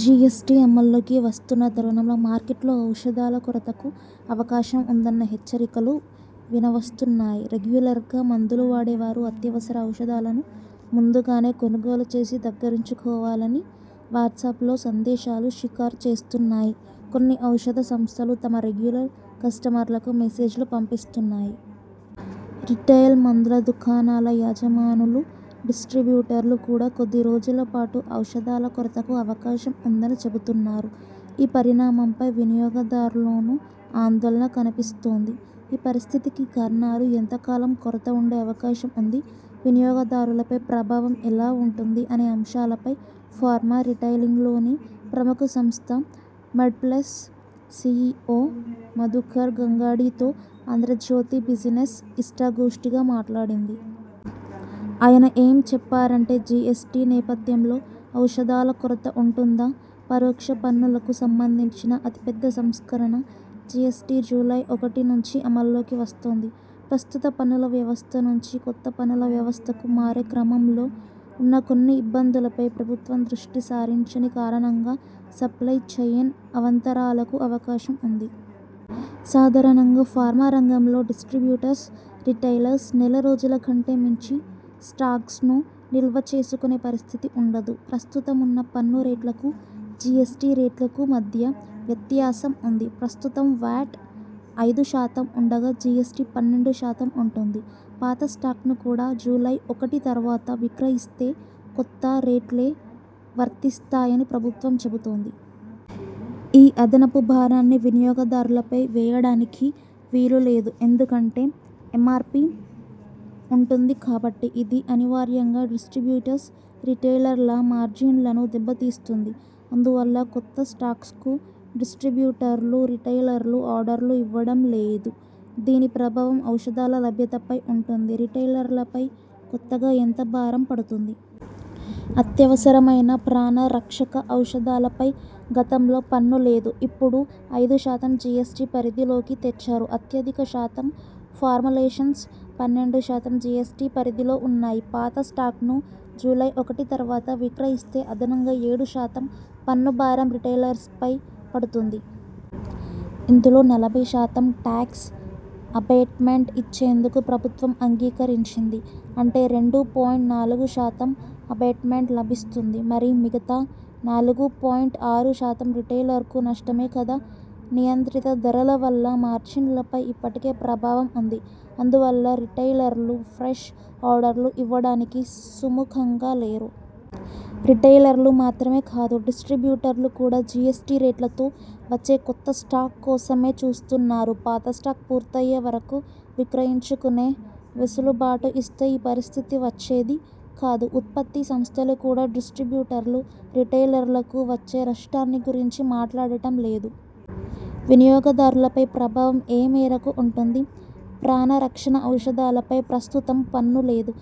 GST అమల్లోకి వస్తున్న తరుణంలో మార్కెట్లో ఔషధాల కొరతకు అవకాశం ఉందన్న హెచ్చరికలు వినవస్తున్నాయి. రెగ్యులర్గా మందులు వాడేవారు అత్యవసర ఔషధాలను ముందు గానే కొనుగోలు చేసి దగ్గరుంచుకోవాలని వాట్స్పలో సందేశాలు షికారు చేస్తున్నాయి. కొన్ని ఔషధ సంస్థలు తమ రెగ్యులర్ కస్టమర్లకు మెసేజ్లు పంపిస్తున్నాయి. రిటైల్ మందుల దుకాణాల యాజమానులు, డిస్ట్రిబ్యూటర్లు కూడా కొద్దిరోజుల పాటు ఔషధాల కొరతకు అవకాశం ఉందని చెబుతున్నారు. ఈ పరిణామంపై వినియోగదారుల్లోనూ ఆందోళన కనపిస్తోంది. ఈ పరిస్థితికి కారణాలు, ఎంత కాలం కొరత ఉండే అవకాశం ఉంది, వినియోగదారులపై ప్రభావం ఎలా ఉంటుంది అనే అంశాలపై ఫార్మా రిటైలింగ్లోని ప్రముఖ సంస్థ మెడ్ప్లస్ సిఇఒ మధుకర్ గంగాడితో 'ఆంధ్రజ్యోతి బిజినెస్' ఇష్టాగోష్ఠిగా మాట్లాడింది. ఆయన ఏం చెప్పారంటే జిఎస్టి నేపథ్యంలో ఔషధాల కొరత ఉంటుందా? పరోక్ష పన్నులకు సంబంధించిన అతిపెద్ద సంస్కరణ జిఎస్టి జూలై ఒకటి నుంచి అమల్లోకి వస్తోంది. ప్రస్తుత పన్నుల వ్యవస్థ నుంచి కొత్త పన్నుల వ్యవస్థకు మారే క్రమంలో ఉన్న కొన్ని ఇబ్బందులపై ప్రభుత్వం దృష్టి సారించని కారణంగా సప్లై చెయిన్ అవాంతరాలకు అవకాశం ఉంది. సాధారంగా ఫార్మా రంగంలో డిస్ట్రిబ్యూటర్స్, రిటైలర్స్ నెల రోజుల కంటే మించి స్టాక్స్ను నిల్వ చేసుకునే పరిస్థితి ఉండదు. ప్రస్తుతమున్న పన్ను రేట్లకు జిఎస్టి రేట్లకు మధ్య వ్యత్యాసం ఉంది. ప్రస్తుతం వ్యాట్ ఐదు శాతం ఉండగా, జిఎస్టి పన్నెండు శాతం ఉంటుంది. పాత స్టాక్ను కూడా జూలై ఒకటి తర్వాత విక్రయిస్తే కొత్త రేట్లే వర్తిసాయని ప్రభుత్వం చెబుతోంది. ఈ అదనపు భారాన్ని వినియోగదారులపై వేయడానికి వీలులేదు. ఎందుకంటే ఎంఆర్పి ఉంటుంది కాబట్టి. ఇది అనివార్యంగా డిస్ట్రిబ్యూటర్లు, రిటైలర్ల మార్జిన్లను దెబ్బతీస్తుంది. అందువల్ల కొత్త స్టాక్స్కు డిస్ట్రిబ్యూటర్లు, రిటైలర్లు ఆర్డర్లు ఇవ్వడం లేదు. దీని ప్రభావం ఔషధాల లభ్యతపై ఉంటుంది. రిటైలర్లపై కొత్తగా ఎంత భారం పడుతుంది? అత్యవసరమైన ప్రాణ రక్షక ఔషధాలపై గతంలో పన్ను లేదు. ఇప్పుడు ఐదు శాతం జిఎస్టి పరిధిలోకి తెచ్చారు. అత్యధిక శాతం ఫార్ములేషన్స్ పన్నెండు శాతం జిఎస్టి పరిధిలో ఉన్నాయి. పాత స్టాక్ను జూలై ఒకటి తర్వాత విక్రయిస్తే అదనంగా ఏడు శాతం పన్ను భారం రిటైలర్స్పై పడుతుంది. ఇందులో నలభై శాతం టాక్స్ అబేట్మెంట్ ఇచ్చేందుకు ప్రభుత్వం అంగీకరించింది. అంటే రెండు పాయింట్ నాలుగు శాతం అబేట్మెంట్ లభిస్తుంది. మరి మిగతా నాలుగు పాయింట్ ఆరు శాతం రిటైలర్కు నష్టమే కదా? నియంత్రిత ధరల వల్ల మార్జిన్లపై ఇప్పటికే ప్రభావం ఉంది. అందువల్ల రిటైలర్లు ఫ్రెష్ ఆర్డర్లు ఇవ్వడానికి సుముఖంగా లేరు. రిటైలర్లు మాత్రమే కాదు. డిస్ట్రిబ్యూటర్లు కూడా జిఎస్టి రేట్లతో వచ్చే కొత్త స్టాక్ కోసమే చూస్తున్నారు. పాత స్టాక్ పూర్తయ్యే వరకు విక్రయించుకునే వెసులుబాటు ఇస్తే ఈ పరిస్థితి వచ్చేది కాదు. ఉత్పత్తి సంస్థలు కూడా డిస్ట్రిబ్యూటర్లు, రిటైలర్లకు వచ్చే నష్టాన్ని గురించి మాట్లాడటం లేదు. వినియోగదారులపై ప్రభావం ఏ మేరకు ఉంటుంది? ప్రాణ రక్షణ ఔషధాలపై ప్రస్తుతం పన్ను లేదు.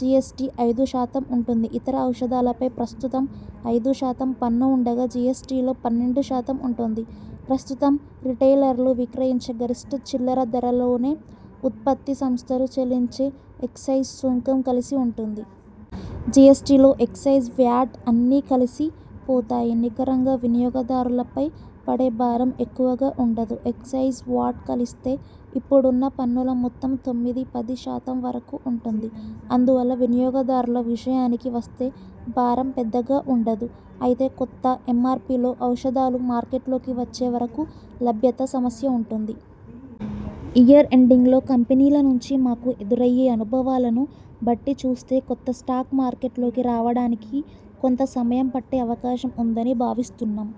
జిఎస్టి ఐదు శాతం ఉంటుంది. ఇతర ఔషధాలపై ప్రస్తుతం ఐదు శాతం పన్ను ఉండగా జిఎస్టిలో పన్నెండు శాతం ఉంటుంది. ప్రస్తుతం రిటైలర్లు విక్రయించే గరిష్ఠ చిల్లర ధరలోనే ఉత్పత్తి సంస్థలు చెల్లించే ఎక్సైజ్ సుంకం కలిసి ఉంటుంది. జిఎస్టిలో ఎక్సైజ్, వ్యాట్ అన్నీ కలిసి పోతాయి. నికరంగా వినియోగదారులపై పడే భారం ఎక్కువగా ఉండదు. ఎక్సైజ్, వాట్ కలిస్తే ఇప్పుడున్న పన్నుల మొత్తం తొమ్మిది ,పది శాతం వరకు ఉంటుంది. అందువల్ల వినియోగదారుల విషయానికి వస్తే భారం పెద్దగా ఉండదు. అయితే కొత్త ఎంఆర్పిలో ఔషధాలు మార్కెట్లోకి వచ్చే వరకు లభ్యత సమస్య ఉంటుంది. ఇయర్ ఎండింగ్లో కంపెనీల నుంచి మాకు ఎదురయ్యే అనుభవాలను బట్టి చూస్తే కొత్త స్టాక్ మార్కెట్లోకి రావడానికి కొంత సమయం పట్టే అవకాశం ఉందని భావిస్తున్నాం.